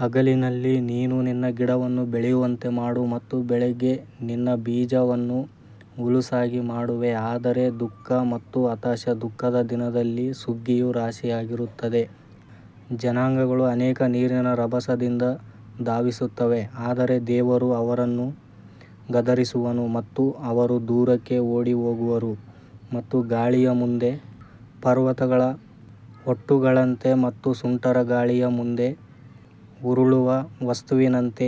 ಹಗಲಿನಲ್ಲಿ ನೀನು ನಿನ್ನ ಗಿಡವನ್ನು ಬೆಳೆಯುವಂತೆ ಮಾಡು ಮತ್ತು ಬೆಳಿಗ್ಗೆ ನಿನ್ನ ಬೀಜವನ್ನು ಹುಲುಸಾಗಿ ಮಾಡುವೆ ಆದರೆ ದುಃಖ ಮತ್ತು ಹತಾಶ ದುಃಖದ ದಿನದಲ್ಲಿ ಸುಗ್ಗಿಯು ರಾಶಿಯಾಗಿರುತ್ತದೆ ಜನಾಂಗಗಳು ಅನೇಕ ನೀರಿನ ರಭಸದಿಂದ ಧಾವಿಸುತ್ತವೆ ಆದರೆ ದೇವರು ಅವರನ್ನು ಗದರಿಸುವನು ಮತ್ತು ಅವರು ದೂರಕ್ಕೆ ಓಡಿಹೋಗುವರು ಮತ್ತು ಗಾಳಿಯ ಮುಂದೆ ಪರ್ವತಗಳ ಹೊಟ್ಟುಗಳಂತೆ ಮತ್ತು ಸುಂಟರಗಾಳಿಯ ಮುಂದೆ ಉರುಳುವ ವಸ್ತುವಿನಂತೆ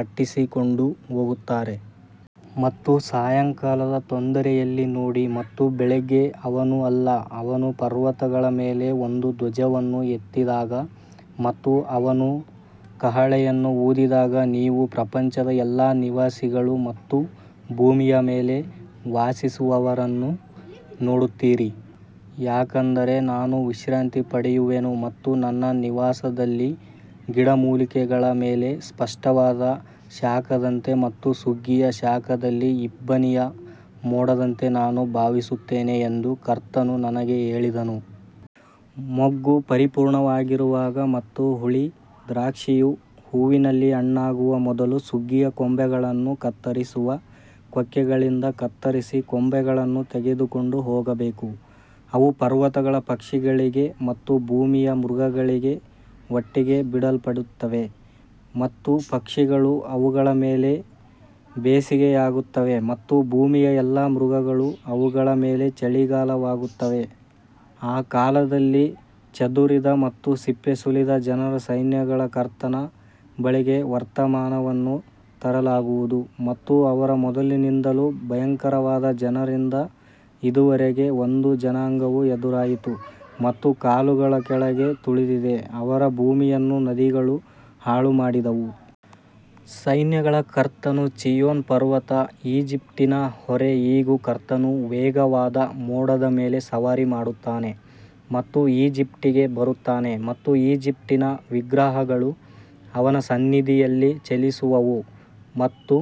ಅಟ್ಟಿಸಿಕೊಂಡು ಹೋಗುತ್ತಾರೆ. ಮತ್ತು ಸಾಯಂಕಾಲದ ತೊಂದರೆಯಲ್ಲಿ ನೋಡಿ ಮತ್ತು ಬೆಳಿಗ್ಗೆ ಅವನು ಅಲ್ಲ ಅವನು ಪರ್ವತಗಳ ಮೇಲೆ ಒಂದು ಧ್ವಜವನ್ನು ಎತ್ತಿದಾಗ ಮತ್ತು ಅವನು ಕಹಳೆಯನ್ನು ಊದಿದಾಗ ನೀವು ಪ್ರಪಂಚದ ಎಲ್ಲಾ ನಿವಾಸಿಗಳು ಮತ್ತು ಭೂಮಿಯ ಮೇಲೆ ವಾಸಿಸುವವರನ್ನು ನೋಡುತ್ತೀರಿ. ಯಾಕಂದರೆ ನಾನು ವಿಶ್ರಾಂತಿ ಪಡೆಯುವೆನು ಮತ್ತು ನನ್ನ ನಿವಾಸದಲ್ಲಿ ಗಿಡಮೂಲಿಕೆಗಳ ಮೇಲೆ ಸ್ಪಷ್ಟವಾದ ಶಾಖದಂತೆ ಮತ್ತು ಸುಗ್ಗಿಯ ಶಾಖದಲ್ಲಿ ಇಬ್ಬನಿಯ ಮೋಡದಂತೆ ನಾನು ಭಾವಿಸುತ್ತೇನೆ ಎಂದು ಕರ್ತನು ನನಗೆ ಹೇಳಿದನು. ಮೊಗ್ಗು ಪರಿಪೂರ್ಣವಾಗಿರುವಾಗ ಮತ್ತು ಹುಳಿ ದ್ರಾಕ್ಷಿಯು ಹೂವಿನಲ್ಲಿ ಹಣ್ಣಾಗುವ ಮೊದಲು ಸುಗ್ಗಿಯ ಕೊಂಬೆಗಳನ್ನು ಕತ್ತರಿಸುವ ಕೊಕ್ಕೆಗಳಿಂದ ಕತ್ತರಿಸಿ ಕೊಂಬೆಗಳನ್ನು ತೆಗೆದುಕೊಂಡು ಹೋಗಬೇಕು. ಅವು ಪರ್ವತಗಳ ಪಕ್ಷಿಗಳಿಗೆ ಮತ್ತು ಭೂಮಿಯ ಮೃಗಗಳಿಗೆ ಒಟ್ಟಿಗೆ ಬಿಡಲ್ಪಡುತ್ತವೆ ಮತ್ತು ಪಕ್ಷಿಗಳು ಅವುಗಳ ಮೇಲೆ ಬೇಸಿಗೆಯಾಗುತ್ತವೆ ಮತ್ತು ಭೂಮಿಯ ಎಲ್ಲಾ ಮೃಗಗಳು ಅವುಗಳ ಮೇಲೆ ಚಳಿಗಾಲವಾಗುತ್ತವೆ ಆ ಕಾಲದಲ್ಲಿ ಚದುರಿದ ಮತ್ತು ಸಿಪ್ಪೆ ಸುಲಿದ ಜನರ ಸೈನ್ಯಗಳ ಕರ್ತನ ಬಳಿಗೆ ವರ್ತಮಾನವನ್ನು ತರಲಾಗುವುದು ಮತ್ತು ಅವರ ಮೊದಲಿನಿಂದಲೂ ಭಯಂಕರವಾದ ಜನರಿಂದ ಇದುವರೆಗೆ ಒಂದು ಜನಾಂಗವು ಎದುರಾಯಿತು ಮತ್ತು ಕಾಲುಗಳ ಕೆಳಗೆ ತುಳಿದಿದೆ ಅವರ ಭೂಮಿಯನ್ನು ನದಿಗಳು ಹಾಳುಮಾಡಿದವು. ಸೈನ್ಯಗಳ ಕರ್ತನು ಚೀಯೋನ್ ಪರ್ವತ ಈಜಿಪ್ಟಿನ ಹೊರೆ ಇಗೋ, ಕರ್ತನು ವೇಗವಾದ ಮೋಡದ ಮೇಲೆ ಸವಾರಿ ಮಾಡುತ್ತಾನೆ ಮತ್ತು ಈಜಿಪ್ಟಿಗೆ ಬರುತ್ತಾನೆ ಮತ್ತು ಈಜಿಪ್ಟಿನ ವಿಗ್ರಹಗಳು ಅವನ ಸನ್ನಿಧಿಯಲ್ಲಿ ಚಲಿಸುವವು ಮತ್ತು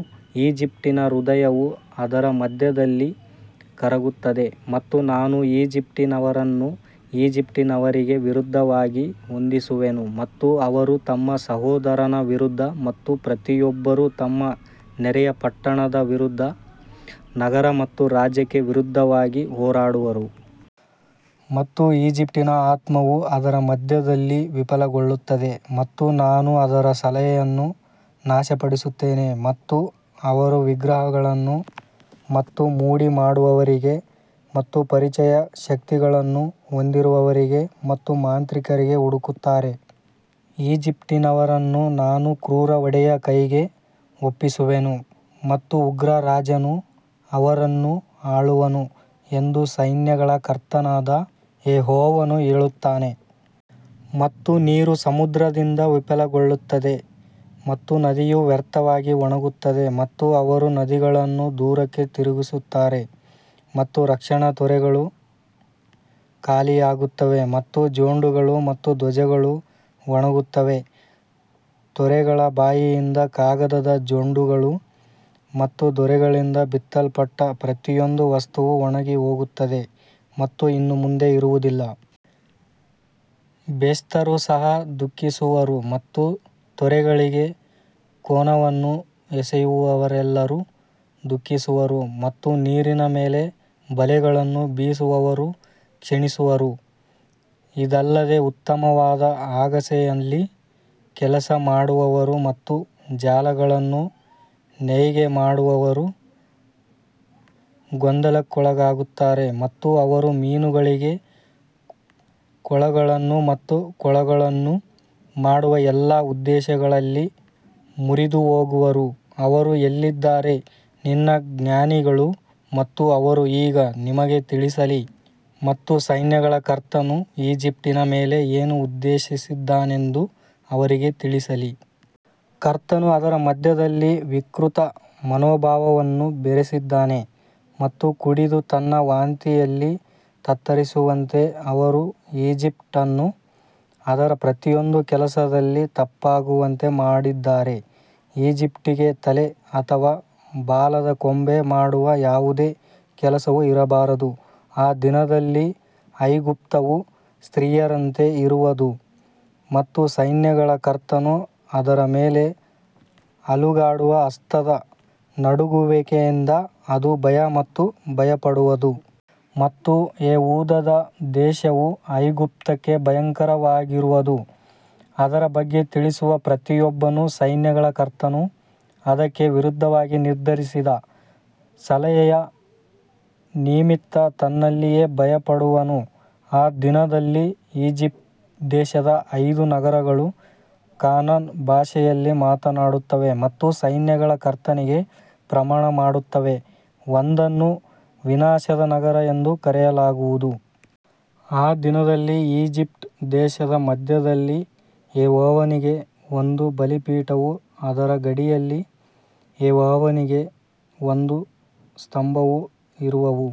ಈಜಿಪ್ಟಿನ ಹೃದಯವು ಅದರ ಮಧ್ಯದಲ್ಲಿ ಕರಗುತ್ತದೆ ಮತ್ತು ನಾನು ಈಜಿಪ್ಟಿನವರನ್ನು ಈಜಿಪ್ಟಿನವರಿಗೆ ವಿರುದ್ಧವಾಗಿ ಹೊಂದಿಸುವೆನು ಮತ್ತು ಅವರು ತಮ್ಮ ಸಹೋದರನ ವಿರುದ್ಧ ಮತ್ತು ಪ್ರತಿಯೊಬ್ಬರೂ ತಮ್ಮ ನೆರೆಯ ಪಟ್ಟಣದ ವಿರುದ್ಧ ನಗರ ಮತ್ತು ರಾಜ್ಯಕ್ಕೆ ವಿರುದ್ಧವಾಗಿ ಹೋರಾಡುವರು. ಮತ್ತು ಈಜಿಪ್ಟಿನ ಆತ್ಮವು ಅದರ ಮಧ್ಯದಲ್ಲಿ ವಿಫಲಗೊಳ್ಳುತ್ತದೆ ಮತ್ತು ನಾನು ಅದರ ಸಲಹೆಯನ್ನು ನಾಶಪಡಿಸುತ್ತೇನೆ ಮತ್ತು ಅವರು ವಿಗ್ರಹಗಳನ್ನು ಮತ್ತು ಮೋಡಿ ಮಾಡುವವರಿಗೆ ಮತ್ತು ಪರಿಚಿತ ಶಕ್ತಿಗಳನ್ನು ಹೊಂದಿರುವವರಿಗೆ ಮತ್ತು ಮಾಂತ್ರಿಕರಿಗೆ ಹುಡುಕುತ್ತಾರೆ. ಈಜಿಪ್ಟಿನವರನ್ನು ನಾನು ಕ್ರೂರ ಒಡೆಯನ ಕೈಗೆ ಒಪ್ಪಿಸುವೆನು ಮತ್ತು ಉಗ್ರ ರಾಜನು ಅವರನ್ನು ಆಳುವನು ಎಂದು ಸೈನ್ಯಗಳ ಕರ್ತನಾದ ಯೆಹೋವನು ಹೇಳುತ್ತಾನೆ. ಮತ್ತು ನೀರು ಸಮುದ್ರದಿಂದ ವಿಫಲಗೊಳ್ಳುತ್ತದೆ ಮತ್ತು ನದಿಯು ವ್ಯರ್ಥವಾಗಿ ಒಣಗುತ್ತದೆ ಮತ್ತು ಅವರು ನದಿಗಳನ್ನು ದೂರಕ್ಕೆ ತಿರುಗಿಸುತ್ತಾರೆ ಮತ್ತು ರಕ್ಷಣಾ ತೊರೆಗಳು ಖಾಲಿಯಾಗುತ್ತವೆ ಮತ್ತು ಜೊಂಡುಗಳು ಮತ್ತು ಧ್ವಜಗಳು ಒಣಗುತ್ತವೆ ತೊರೆಗಳ ಬಾಯಿಯಿಂದ ಕಾಗದದ ಜೊಂಡುಗಳು ಮತ್ತು ತೊರೆಗಳಿಂದ ಬಿತ್ತಲ್ಪಟ್ಟ ಪ್ರತಿಯೊಂದು ವಸ್ತುವು ಒಣಗಿಹೋಗುತ್ತದೆ ಮತ್ತು ಇನ್ನು ಮುಂದೆ ಇರುವುದಿಲ್ಲ. ಬೆಸ್ತರು ಸಹ ದುಃಖಿಸುವರು ಮತ್ತು ತೊರೆಗಳಿಗೆ ಕೋನವನ್ನು ಎಸೆಯುವವರೆಲ್ಲರೂ ದುಃಖಿಸುವರು ಮತ್ತು ನೀರಿನ ಮೇಲೆ ಬಲೆಗಳನ್ನು ಬೀಸುವವರು ಕ್ಷೀಣಿಸುವರು. ಇದಲ್ಲದೆ ಉತ್ತಮವಾದ ಅಗಸೆಯಲ್ಲಿ ಕೆಲಸ ಮಾಡುವವರು ಮತ್ತು ಜಾಲಗಳನ್ನು ನೇಯ್ಗೆ ಮಾಡುವವರು ಗೊಂದಲಕ್ಕೊಳಗಾಗುತ್ತಾರೆ ಮತ್ತು ಅವರು ಮೀನುಗಳಿಗೆ ಕೊಳಗಳನ್ನು ಮತ್ತು ಕೊಳಗಳನ್ನು ಮಾಡುವ ಎಲ್ಲಾ ಉದ್ದೇಶಗಳಲ್ಲಿ ಮುರಿದುಹೋಗುವರು ಅವರು ಎಲ್ಲಿದ್ದಾರೆ ನಿನ್ನ ಜ್ಞಾನಿಗಳು ಮತ್ತು ಅವರು ಈಗ ನಿಮಗೆ ತಿಳಿಸಲಿ ಮತ್ತು ಸೈನ್ಯಗಳ ಕರ್ತನು ಈಜಿಪ್ಟಿನ ಮೇಲೆ ಏನು ಉದ್ದೇಶಿಸಿದ್ದಾನೆಂದು ಅವರಿಗೆ ತಿಳಿಸಲಿ. ಕರ್ತನು ಅದರ ಮಧ್ಯದಲ್ಲಿ ವಿಕೃತ ಮನೋಭಾವವನ್ನು ಬೆರೆಸಿದ್ದಾನೆ ಮತ್ತು ಕುಡಿದು ತನ್ನ ವಾಂತಿಯಲ್ಲಿ ತತ್ತರಿಸುವಂತೆ ಅವರು ಈಜಿಪ್ಟ್ ಅನ್ನು ಅದರ ಪ್ರತಿಯೊಂದು ಕೆಲಸದಲ್ಲಿ ತಪ್ಪಾಗುವಂತೆ ಮಾಡಿದ್ದಾರೆ. ಈಜಿಪ್ಟಿಗೆ ತಲೆ ಅಥವಾ ಬಾಲದ ಕೊಂಬೆ ಮಾಡುವ ಯಾವುದೇ ಕೆಲಸವೂ ಇರಬಾರದು ಆ ದಿನದಲ್ಲಿ ಐಗುಪ್ತವು ಸ್ತ್ರೀಯರಂತೆ ಇರುವದು ಮತ್ತು ಸೈನ್ಯಗಳ ಕರ್ತನು ಅದರ ಮೇಲೆ ಅಲುಗಾಡುವ ಹಸ್ತದ ನಡುಗುವಿಕೆಯಿಂದ ಅದು ಭಯ ಮತ್ತು ಭಯಪಡುವದು. ಮತ್ತು ಯೆಹೂದದ ದೇಶವು ಐಗುಪ್ತಕ್ಕೆ ಭಯಂಕರವಾಗಿರುವದು, ಅದರ ಬಗ್ಗೆ ತಿಳಿಸುವ ಪ್ರತಿಯೊಬ್ಬನು ಸೈನ್ಯಗಳ ಕರ್ತನು ಅದಕ್ಕೆ ವಿರುದ್ಧವಾಗಿ ನಿರ್ಧರಿಸಿದ ಸಲಹೆಯ ನಿಮಿತ್ತ ತನ್ನಲ್ಲಿಯೇ ಭಯಪಡುವನು. ಆ ದಿನದಲ್ಲಿ ಈಜಿಪ್ಟ್ ದೇಶದ ಐದು ನಗರಗಳು ಕಾನಾನ್ ಭಾಷೆಯಲ್ಲಿ ಮಾತನಾಡುತ್ತವೆ ಮತ್ತು ಸೈನ್ಯಗಳ ಕರ್ತನಿಗೆ ಪ್ರಮಾಣ ಮಾಡುತ್ತವೆ, ಒಂದನ್ನು ವಿನಾಶದ ನಗರ ಎಂದು ಕರೆಯಲಾಗುವುದು. ಆ ದಿನದಲ್ಲಿ ಈಜಿಪ್ಟ್ ದೇಶದ ಮಧ್ಯದಲ್ಲಿ ಯೆಹೋವನಿಗೆ ಒಂದು ಬಲಿಪೀಠವೂ ಅದರ ಗಡಿಯಲ್ಲಿ ಯೆಹೋವನಿಗೆ ಒಂದು ಸ್ತಂಭವೂ ಇರುವವು.